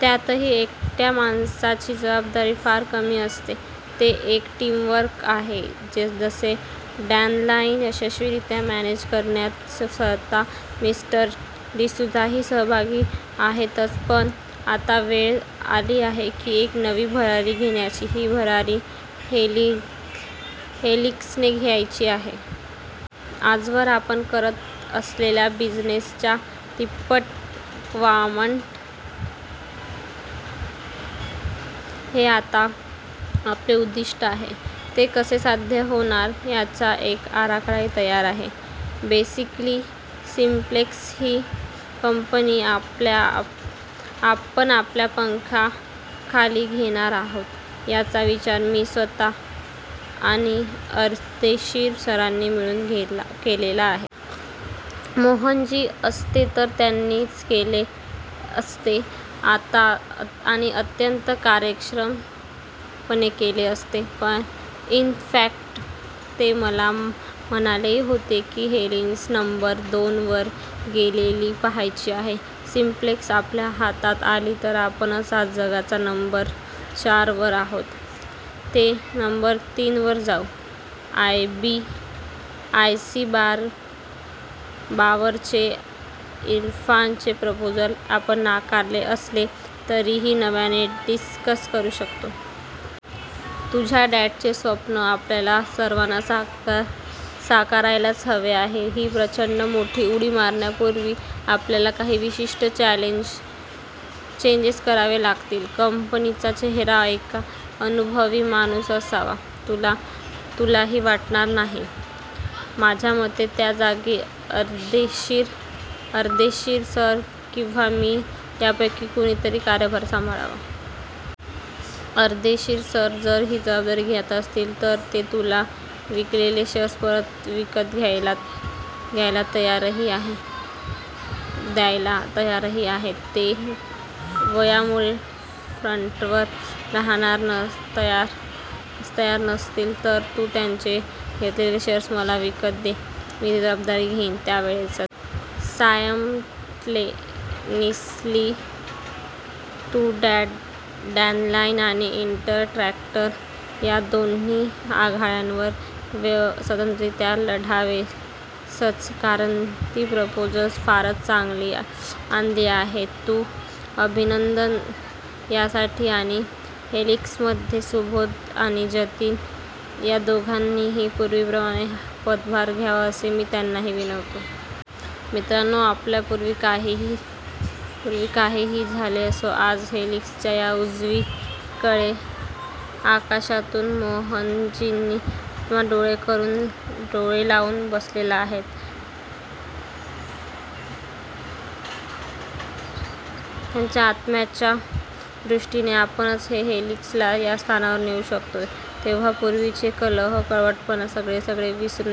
त्यातही एकट्या माणसाची जबाबदारी फार कमी असते. ते एक टीमवर्क आहे. जसे डॅनलाईन यशस्वीरीत्या मॅनेज करण्यात स्वतः मिस्टर डिसूझाही सहभागी आहेतच. पण आता वेळ आली आहे ती एक नवी भरारी घेण्याची, ही भरारी हेलिक्सने घ्यायची आहे. आजवर आपण करत असलेल्या बिझिनेसच्या तिप्पट क्वान्टम हे आता आपले उद्दिष्ट आहे. हे कसे साध्य होणार याचा एक आराखडाही तयार आहे. बेसिकली सिम्प्लेक्स ही कंपनी आपण आपल्या पंखाखाली घेणार आहोत. याचा विचार मी स्वतः आणि अर्देशीर सरांनी मिळून केलेला आहे. मोहनजी असते तर हे त्यांनीच केले असते. आणि अत्यंत कार्यक्षमपणे केले असते. इन फॅक्ट ते मला म्हणालेही होते की हेलिक्स नंबर दोन वर गेलेली पाहायची आहे. सिम्प्लेक्स आपल्या हातात आली तर आपण आज नंबर चारवर आहोत ते नंबर तीनवर जाऊ 'आय सी बावर' चे इरफानचे प्रपोजल आपण नाकारले असले तरीही नव्याने डिस्कस करू शकतो. तुझ्या डॅडचे स्वप्न आपल्याला सर्वांना साकारायलाच हवे आहे. ही प्रचंड मोठी उडी मारण्यापुर्वी, आपल्याला काही विशिष्ट चेंजेस करावे लागतील. कंपनीचा चेहरा एक अननुभवी माणूस असावा असे तुलाही वाटणार नाहीच. माझ्यामते त्या जागी अर्देशीर सर किंवा मी यापैकी कुणीतरी कार्यभार सांभाळावा. अर्देशीर सर जर ही जबाबदारी घेणार असतील तर ते तुला विकलेले शेअर्स परत विकत घ्यायला तयारही आहेत. ते वयामुळे फ्रन्टवर राहण्यास तयार नसतील तर तू त्यांचे घेतलेले शेअर्स मला विकत दे, मी ती जबाबदारी घेईन. याचवेळेस सायमल्टेनियसली तू डॅनलाईन आणि इन्टर ट्रॅक्टर या दोन्ही आघाड्यांवर स्वतंत्ररीत्या लढावेसच. कारण ती प्रपोजल्स फारच चांगली आणली आहेस तू, अभिनंदन त्यासाठी.. आणि हेलिक्समध्ये सुबोध आणि जतीन या दोघांनीही पुर्वीप्रमाणे पदभार घ्यावा असे मी त्यांनाही विनवतो. मित्रांनो, आपल्यात पुर्वी काहीही झालेले असो, आज हेलिक्सच्या या उडीकडे आकाशातून मोहनजींचा आत्मा डोळे लावून बसलेला आहे. त्यांच्या आत्म्याच्या दृष्टीने आपणच सगळे हेलिक्सला त्या स्थानावर नेऊ शकतो. तेव्हा पुर्वीचे कलह, कडवटपणा, सगळे सगळे विसरून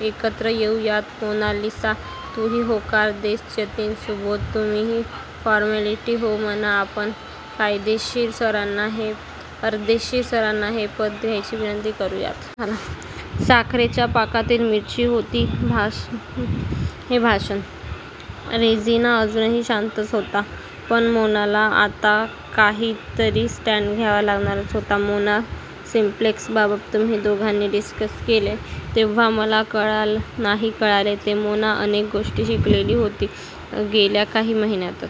एकत्र येऊ यात मोनालिसा, तूही होकार दे, जतीन सुबोध, तुम्हीही फॉर्मली हो म्हणा, मग आपण अर्देशीर सरांना हे पद घ्यायची विनंती करूयात. साखरेच्या पाकातील मिरची होती हे भाषण म्हणजे! रेजिना अजूनही शांतच होता. पण मोनाला आता काहीतरी स्टॅन्ड घ्यावा लागणारच होता. मोना सिम्प्लेक्सबाबत तुम्ही दोघांनी डिस्कस केलेत तेव्हा मला का नाही कळले ते? मोना अनेक गोष्टी शिकलेली होती गेल्या काही महिन्यात!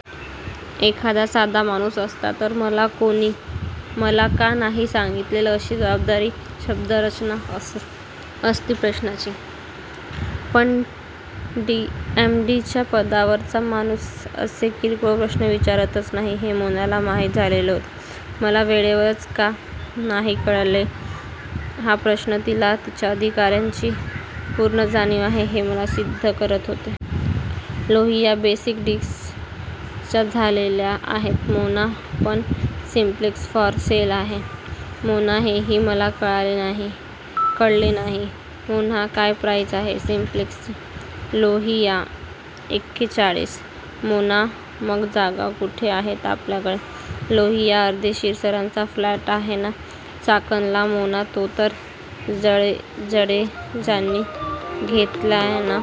एखादा साधा माणूस असता तर 'मला का नाही सागीतलेत' अशी शब्दरचना असती प्रश्नाची! पण एम डी च्या पदावरचा माणूस असे किरकोळ प्रश्न विचारतच नाही हे मोनाला माहीत झालेले होते. 'मला वेळेवरच का नाही कळले' हा प्रश्न तिला तिच्या अधिकारांची पूर्ण जाणीव आहे हेच सिद्ध करत होता. लोहिया बेसिक गोष्टीच डिस्कस झालेल्या आहेत. मोना पण सिम्प्लेक्स फॉर सेल आहे? मोना हेही मला कळले नाही. मोना काय प्राईस आहे? सिम्प्लेक्सची?? लोहिया एक्केचाळीस. मोना मग जागा कुठे आहे आपल्याकडे? लोहिया अर्देशीरांचा प्लॉट आहे ना? चाकणला, मोना तो तर जडेजांनी घेतला ना?